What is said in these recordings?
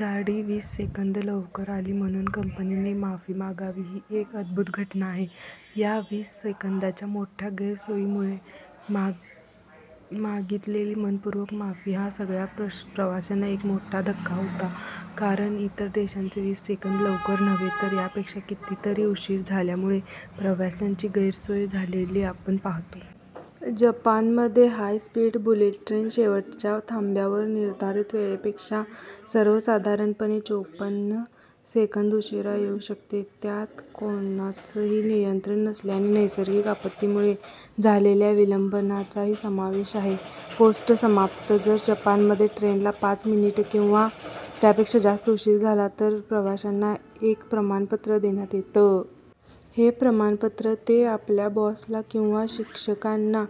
गाडी वीस सेकंद लवकर आली म्हणून कंपनीने माफी मागावी ही एक अद्भूत घटना आहे. या वीस सेकंदाच्या मोठ्या गैरसोयीमुळे मागितलेली मन:पूर्वक माफी हा सगळ्या प्रवाशांना एक मोठा धक्का होता. कारण इतर देशांत वीस सेकंद लवकर नव्हे, तर यापेक्षा कितीतरी उशीर झाल्यामुळे प्रवाशांची गैरसोय झालेली आपण पाहतो. जपानमध्ये हाय स्पीड बुलेट ट्रेन शेवटच्या थांब्यावर निर्धारित वेळेपेक्षा सर्वसाधारणपणे चोपन्न सेकंद उशीरा येऊ शकते. त्यात कोणाचंही नियंत्रण नसलेल्या नैसर्गिक आपत्तीमुळे झालेल्या विलंबाचाही समावेश आहे. पोस्ट समाप्त, जर जपानमध्ये ट्रेनला पाच मिनिटं किंवा त्यापेक्षा जास्त उशीर झाला तर प्रवाशांना एक प्रमाणपत्र देण्यात येतं. हे प्रमाणपत्र ते आपल्या बॉसला किंवा शिक्षकांना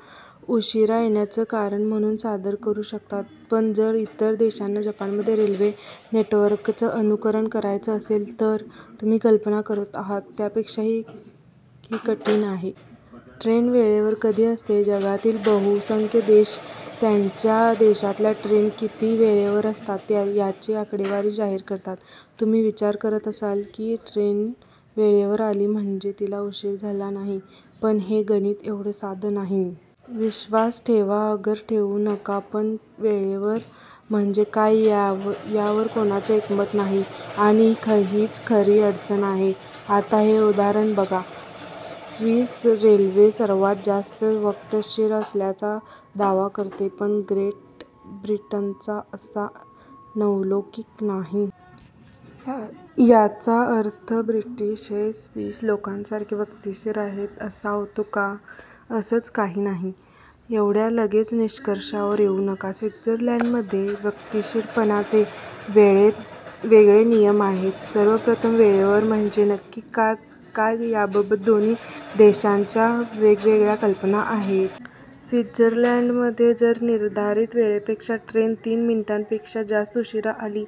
उशीरा येण्याचं कारण म्हणून सादर करू शकतात. पण जर इतर देशांना जपानच्या रेल्वे नेटवर्कचं अनुकरण करायचं असेल तर? तुम्ही कल्पना करत आहात त्यापेक्षा हे कठीण आहे. ट्रेन वेळेवर कधी असते? जगातील बहुसंख्य देश त्यांच्या देशातल्या ट्रेन किती वेळेवर असतात याची आकडेवारी जाहीर करतात. तुम्ही विचार करत असाल की, ट्रेन वेळेवर आली म्हणजे तिला उशीर झाला नाही. पण हे गणित एवढं साधं नाही. विश्वास ठेवा अगर ठेवू नका पण वेळेवर म्हणजे काय यावर कोणाचंच एकमत नाही आणि हीच खरी अडचण आहे. आता हे उदाहरण बघा. स्वीस रेल्वे सर्वांत जास्त वक्तशीर असल्याचा दावा करते. पण ग्रेट ब्रिटनचा असा नावलौकिक नाही. याचा अर्थ ब्रिटीश हे स्वीस लोकांसारखे वक्तशीर आहेत असा होतो का? असंच काही नाही. एवढ्या लगेच निष्कर्षावर येऊ नका. स्वित्झर्लंडमध्ये वक्तशीरपणाचे वेगळे नियम आहेत. सर्वप्रथम, वेळेवर म्हणजे नक्की काय याबाबत दोन्ही देशांच्या वेगवेगळ्या कल्पना आहेत. स्वित्झर्लंडमध्ये जर निर्धारित वेळेपेक्षा ट्रेन तीन मिनिटापेक्षा जास्त उशीरा आली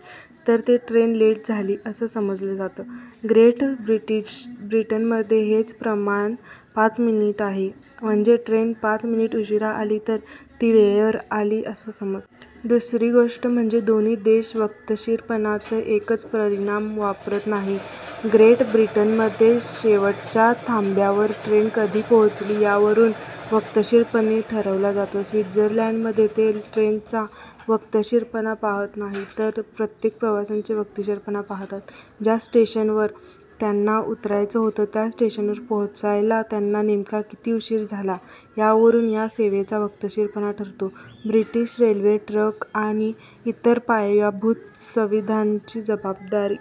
तर ते ट्रेन लेट झाली, असं समजलं जातं. ग्रेट ब्रिटनमध्ये हेच प्रमाण पाच मिनिटं आहे. म्हणजे ट्रेन पाच मिनिटं उशीरा आली तरी ती वेळेवर आली असं समजतात. दुसरी गोष्ट म्हणजे दोन्ही देश वक्तशीरपणाचं एकच परिमाण वापरत नाहीत. ग्रेट ब्रिटनमध्ये शेवटच्या थांब्यावर ट्रेन कधी पोहोचली यावरून वक्तशीरपणा ठरवला जातो. स्वित्झर्लंडमध्ये ते ट्रेनचा वक्तशीरपणा पाहात नाहीत तर प्रत्येक प्रवाशाचा वक्तशीरपणा पाहतात. ज्या स्टेशनवर त्यांना उतरायचं होतं त्या स्टेशनवर पोचायला त्यांना नेमका किती उशीर झाला, यावरून या सेवेचा वक्तशीरपणा ठरतो. ब्रिटीश रेल्वे ट्रॅक आणि इतर पायाभूत सुविधांची जबाबदारी